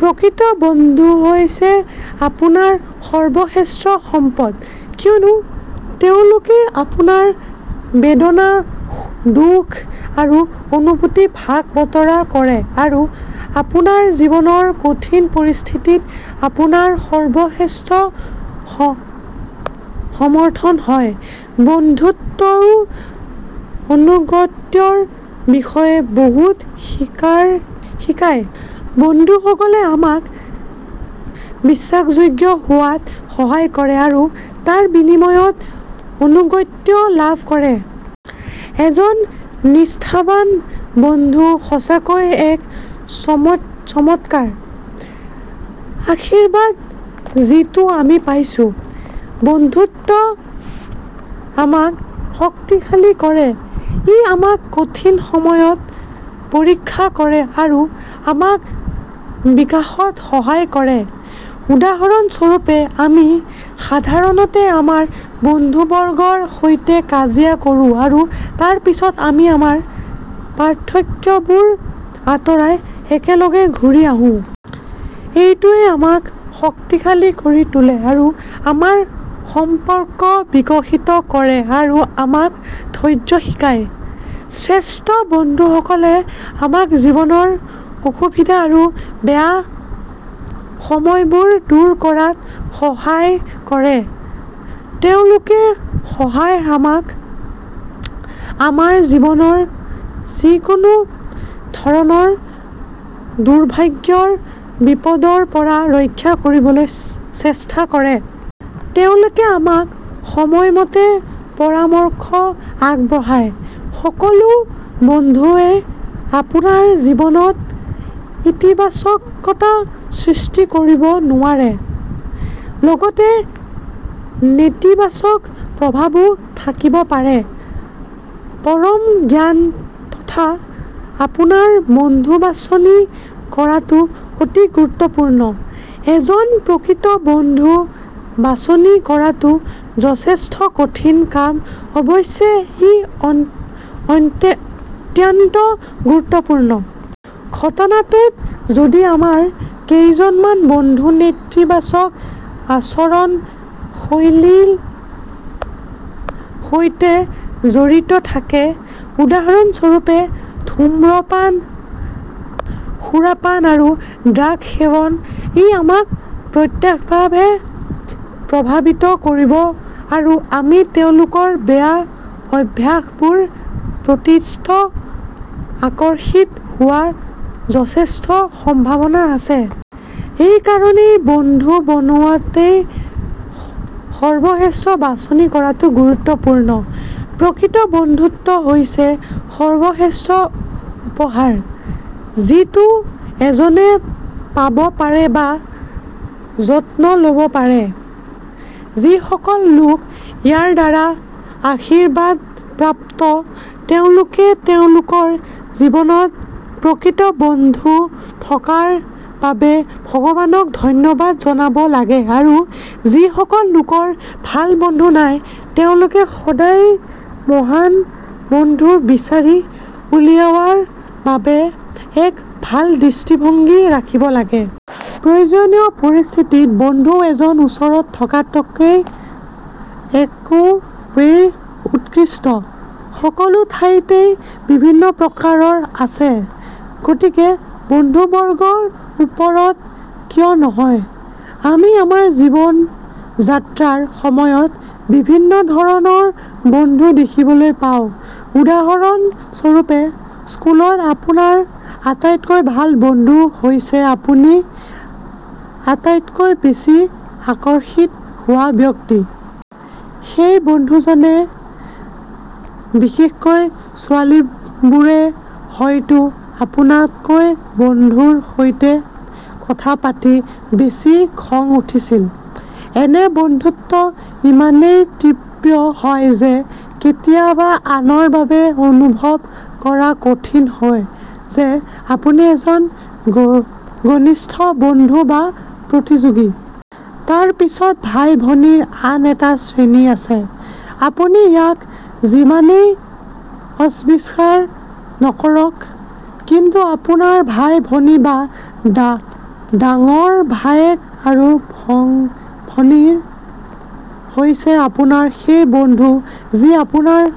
প্ৰকৃত বন্ধুহৈছে আপোনাৰ সৰ্বশ্ৰেষ্ঠ সম্পদ কিয়নো তেওঁলোকে আপোনাৰ বেদনা, দুখ আৰু অনুভূতি ভাগ বতৰা কৰে আৰু আপোনাৰ জীৱনৰ কঠিন পৰিস্থিতিত আপোনাৰ সৰ্বশ্ৰেষ্ঠ সমৰ্থন হয়। বন্ধুত্বেও আনুগত্যৰ বিষয়ে বহুত শিকায়। বন্ধুসকলে আমাক বিশ্বাসযোগ্য হোৱাত সহায় কৰে আৰু তাৰ বিনিময়ত আনুগত্য লাভ কৰে। এজন নিষ্ঠাৱান বন্ধু সঁচাকৈয়ে এক চমৎকাৰ আশীৰ্বাদ যিটো আমি পাইছো। বন্ধুত্বে আমাক শক্তিশালী কৰে। ই আমাক কঠিন সময়ত পৰীক্ষা কৰে আৰু আমাক বিকাশত সহায় কৰে। উদাহৰণ স্বৰূপে, আমি সাধাৰণতে আমাৰ বন্ধুবৰ্গৰ সৈতে কাজিয়া কৰোঁ, আৰু তাৰ পিছত, আমি আমাৰ পাৰ্থক্যবোৰ আঁতৰাই একেলগে ঘূৰি আহো। এইটোৱেই আমাক শক্তিশালী কৰি তোলে আৰু আমাৰ সম্পৰ্ক বিকশিত কৰে আৰু আমাক ধৈৰ্য্য শিকায়। শ্ৰেষ্ঠ বন্ধুসকলে আমাক জীৱনৰ অসুবিধা আৰু বেয়া সময়বোৰ দূৰ কৰাত সহায় কৰে। তেওঁলোকে সদায় আমাক আমাৰ জীৱনৰ যিকোনো ধৰণৰ দুৰ্ভাগ্যৰ বিপদৰ পৰা ৰক্ষা কৰিবলৈ চেষ্টা কৰে। তেওঁলোকে আমাক সময়মতে পৰামৰ্শ আগবঢ়ায়। সকলো বন্ধুৱে আপোনাৰ জীৱনত ইতিবাচকতা সৃষ্টি কৰিব নোৱাৰে। লগতে নেতিবাচক প্ৰভাৱো থাকিব পাৰে। পৰম জ্ঞানথকা আপোনাৰ বন্ধুবাছনি কৰাটো অতি গুৰুত্বপূৰ্ণ। এজন প্ৰকৃত বন্ধু বাছনি কৰাটো যথেষ্ট কঠিন কাম অৱশ্যে ই অত্যন্ত গুৰুত্বপূৰ্ণ। ঘটনাটোত, যদি আমাৰ কেইজনমান বন্ধুনেতিবাচক আচৰণ শৈলীৰ সৈতে জড়িত থাকে, উদাহৰণ স্বৰূপে, ধূমপান, সুৰাপান আৰু ড্ৰাগ সেৱন, ই আমাক প্ৰত্যক্ষভাৱে প্ৰভাৱিত কৰিব আৰু আমি তেওঁলোকৰ বেয়া অভ্যাসবোৰৰ প্ৰতিও আকৰ্ষিত হোৱাৰ যথেষ্ট সম্ভাৱনা আছে। এইকাৰণেই বন্ধু বনাওঁতে সৰ্বশ্ৰেষ্ঠ বাছনি কৰাটো গুৰুত্বপূৰ্ণ। প্ৰকৃত বন্ধুত্ব হৈছে সৰ্বশ্ৰেষ্ঠ উপহাৰ যিটো এজনে পাব পাৰে বা যত্ন ল'ব পাৰে। যিসকল লোক ইয়াৰ দ্বাৰা আশীৰ্বাদপ্ৰাপ্ত তেওঁলোকে তেওঁলোকৰ জীৱনত প্ৰকৃত বন্ধু থকাৰ বাবে ভগৱানক ধন্যবাদ জনাব লাগে আৰু যিসকল লোকৰ ভাল বন্ধু নাই তেওঁলোকে সদায়ে মহান বন্ধু বিচাৰি উলিওৱাৰ বাবে এক ভাল দৃষ্টিভংগী ৰাখিব লাগে। প্ৰয়োজনীয় পৰিস্থিতিত বন্ধু এজন ওচৰত থকাতকৈ একো ৱেই উৎকৃষ্ট। সকলোঠাইতে বিভিন্ন প্ৰকাৰ আছে, গতিকে বন্ধুবৰ্গৰ ওপৰত কিয় নহয়। আমি আমাৰ জীৱন যাত্ৰাৰ সময়ত বিভিন্ন ধৰণৰ বন্ধু দেখিবলৈ পাওঁ। উদাহৰণ স্বৰূপে, স্কুলত আপোনাৰ আটাইতকৈ ভাল বন্ধু হৈছে আপুনি আটাইতকৈ বেছি আকৰ্ষিত হোৱা ব্যক্তি। সেই বন্ধুজনে, বিশেষকৈ ছোৱালীবোৰে, হয়তো আপোনাতকৈ বন্ধুৰ সৈতে কথা পাতি বেছি খং উঠিছিল। এনে বন্ধুত্ব ইমানেই তীব্ৰ হয় যে কেতিয়াবা আনৰ বাবে অনুভৱ কৰা কঠিন হয় যে আপুনি এজন ঘনিষ্ঠ বন্ধু বা প্ৰতিযোগী। তাৰ পিছত ভাই-ভনীৰ আন এটা শ্ৰেণী আছে। আপুনি ইয়াক যিমানেই অস্বীকাৰ নকৰক, কিন্তু আপোনাৰ ভাই-ভনী বা ডাঙৰ ভায়েক আৰু ভগ্নী হৈছে আপোনাৰ সেই বন্ধু যি আপোনাৰ